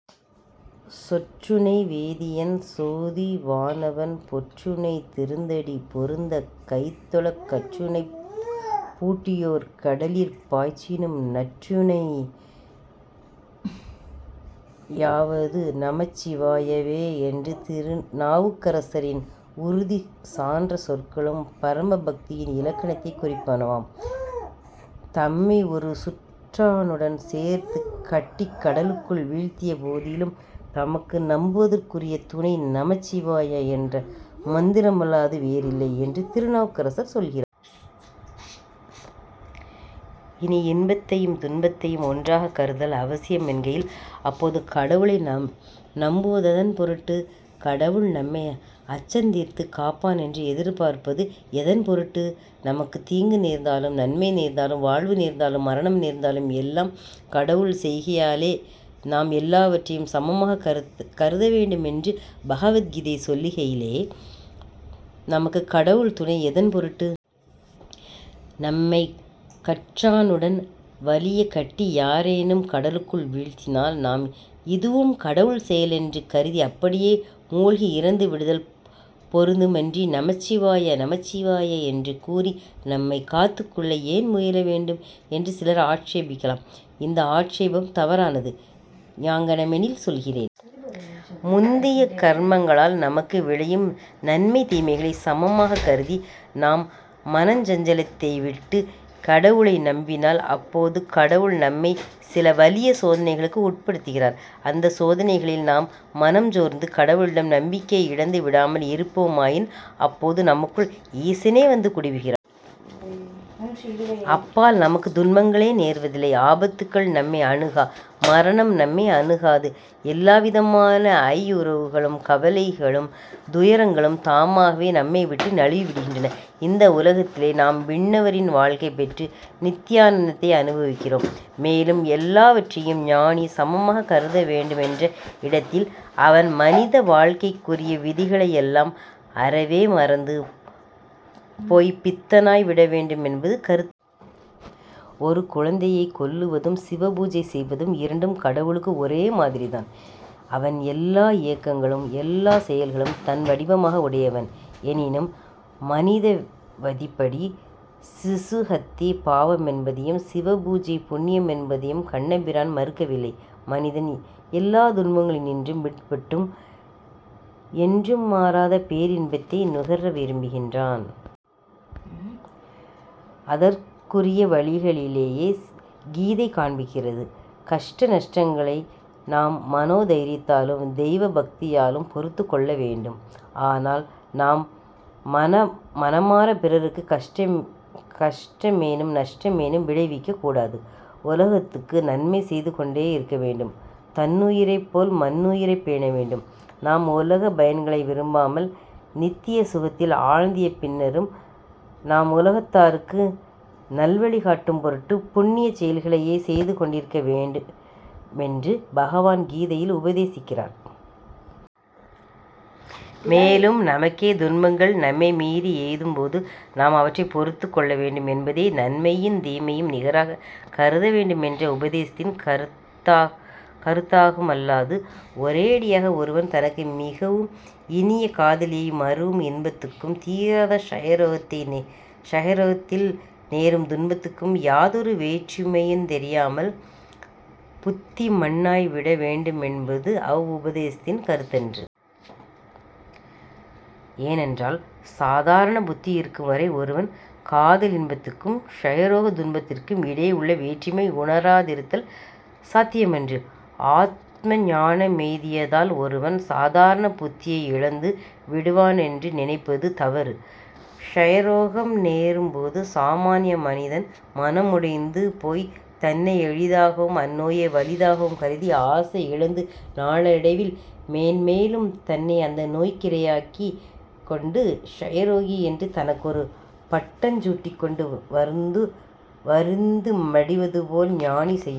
சொற்றுணை வேதியன் சோதி வானவன் பொற்றுணை திருந்தடி பொருந்தக் கைதொழக் கற்றுணைப் பூட்டியோர் கடலிற் பாய்ச்சினும் நற்றுணை யாவது நமச் சிவாய வே என்று நாவுக்கரசரின் உறுதி சான்ற சொற்களும் பரமபக்தியின் இலக்கணத்தைக் குறிப்பவனவாம். தம்மை ஒரு சுற்றாணுடன் சேர்த்துக் கட்டிக் கடலுக்குள் வீழ்த்திய போதிலும் தமக்கு நம்புவதற்குரிய துணை நமச்சிவாய என்ற மந்திரமல்லது வேறில்லை என்று திருநாவுக்கரசர் சொல்லுகிறார். இனி, இன்பத்தையும் துன்பத்தையும் ஒன்றாகக் கருதுதல் அவசியமென்கையில், அப்போது கடவுளை நம்புவதெதன் பொருட்டு? கடவுள் நம்மை அச்சந்தீர்த்துக் காப்பானென்று எதிர்ப்பார்ப்பது எதன் பொருட்டு? நமக்குத் தீங்கு நேர்ந்தாலும், நன்மை நேர்ந்தாலும், வாழ்வு நேர்ந்தாலும், மரணம் நேர்ந்தாலும் எல்லாம் கடவுள் செயலாகையிலே நாம் எல்லாவற்றையும் சமமாகக் கருத வேண்டுமென்று பகவத் கீதை சொல்லுகையிலே, நமக்குக் கடவுள் துணை எதன் பொருட்டு? நம்மைக் கற்றாணுடன் வலியக் கட்டி யாரேனும் கடலுள் வீழ்த்தினால், நாம் இதுவும் கடவுள் செயலென்று கருதி அப்படியே மூழ்கி இறந்து விடுதல் பொருந்துமன்றி, நமச்சிவாய, நமச்சிவாய என்று கூறி நம்மைக் காத்துக்கொள்ள ஏன் முயல வேண்டும்? என்று சிலர் ஆக்ஷேபிக்கலாம். இந்த ஆக்ஷேபம் தவறானது. யாங்ஙனமெனில், சொல்லுகிறேன். முந்திய கர்மங்களால் நமக்கு விளையும் நன்மை தீமைகளைச் சமமாகக் கருதி நாம் மனச்சஞ்லத்தை விட்டுக் கடவுளை நம்பினால், அப்போது கடவுள் நம்மைச் சில வலிய சோதனைகளுக்கு உட்படுத்துகிறார். அந்தச் சோதனைகளில் நாம் மனஞ்சோர்ந்து கடவுளிடம் நம்பிக்கையை இழந்து விடாமல் இருப்போமாயின், அப்போது நமக்குள் ஈசனே வந்து குடிபுகிறான். அப்பால் நமக்குத் துன்பங்களே நேர்வதில்லை. ஆபத்துக்கள் நம்மை அணுகா. மரணம் நம்மை அணுகாது. எல்லாவிதமான ஐயுறவுகளும், கவலைகளும், துயரங்களும், தாமாகவே நம்மை விட்டு நழுவிவிடுகின்றன. இந்த உலகத்திலே நாம் விண்ணவரின் வாழ்க்கை பெற்று நித்தியானந்தத்தை அனுபவிக்கிறோம். மேலும், எல்லாவற்றையும் ஞானி சமமாகக் கருதவேண்டுமென்ற இடத்தில், அவன் மனித வாழ்க்கைக்குரிய விதிகளையெல்லாம் அறவே மறந்து போய்ப் பித்தனாய் விடவேண்டுமென்பது கருத்தன்று. ஒரு குழந்தையைக் கொல்லுவதும், சிவ பூஜை செய்வதும் இரண்டும் கடவுளுக்கு ஒரே மாதிரிதான். அவன் எல்லா இயக்கங்களும், எல்லாச் செயல்களும் தன் வடிவமாக உடையவன், எனினும், மனித வதிப்படி சிசு ஹத்தி பாவமென்பதையும், சிவபூஜை புண்ணியமென்பதையும் கண்ணபிரான் மறுக்கவில்லை. மனிதன் எல்லாந் துன்பங்களினின்றும் விடுபட்டும், என்றும் மாறாத பேரின்பத்தை நுகர விரும்புகின்றான். அதற்குரிய வழிகளையே கீதை காண்பிக்கிறது. கஷ்ட நஷ்டங்களை நாம் மனோ தைரியத்தாலும் தெய்வ பக்தியாலும் பொறுத்துக் கொள்ளவேண்டும். ஆனால், நாம் மனமாரப் பிறருக்குக் கஷ்ட மேனும் நஷ்ட மேனும் விளைவிக்கக் கூடாது. உலகத்துக்கு நன்மை செய்து கொண்டேயிருக்க வேண்டும். தன்னுயிரைப்போல் மன்னுயிரைப் பேணவேண்டும். நாம் உலகப் பயன்களை விரும்பாமல், நித்திய சுகத்தில் ஆழ்ந்திய பின்னரும், நாம் உலகத்தாருக்கு நல்வழி காட்டும் பொருட்டுப் புண்ணியச் செயல்களையே செய்து கொண்டிருக்க வேண்டுமென்று பகவான் கீதையில் உபதேசிக்கின்றார். மேலும், நமக்கே துன்பங்கள் நம்மை மீறி எய்தும்போது நாம் அவற்றைப் பொறுத்துக் கொள்ள வேண்டும் என்பதே நன்மையையுந் தீமையையும் நிகராகக் கருதவேண்டுமென்ற உபதேசத்தின் கருத்தாகுமல்லாது, ஒரேயடியாக ஒருவன் தனக்கு மிகவும் இனிய காதலியை மருவும் இன்பத்துக்கும் தீராத க்ஷயரோகத்தில் நேரும் துன்பத்துக்கும் யாதொரு வேற்றுமையுந் தெரியாமல் புத்தி மண்ணாய் விட வேண்டுமென்பது அவ்வுபதேசத்தின் கருத்தன்று. ஏனென்றால், சாதாரண புத்தியிருக்கும் வரை ஒருவன் காதலின்பத்துக்கும் க்ஷயரோகத் துன்பத்துக்கும் இடையேயுள்ள வேற்றுமை உணராதிருத்தல் சாத்தியமன்று. ஆத்ம ஞானமெய்தியதால் ஒருவன் சாதாரண புத்தியை இழந்து விடுவானென்று நினைப்பது தவறு. க்ஷயரோகம் நேரும்போது சாமன்ய மனிதன் மனமுடைந்து போய்த் தன்னை எளிதாகவும் அந்நோயை வலிதாகவும் கருதி, ஆசையிழந்து நாளடைவில் மேன்மேலும் தன்னை அந்த நோய்க்கிரையாகிக் கொண்டு, க்ஷயரோகி என்று தனக்கொரு பட்டஞ் சூட்டிக்கொண்டு வருந்து மடிவதுபோல் ஞானி செய்யமாட்டான்.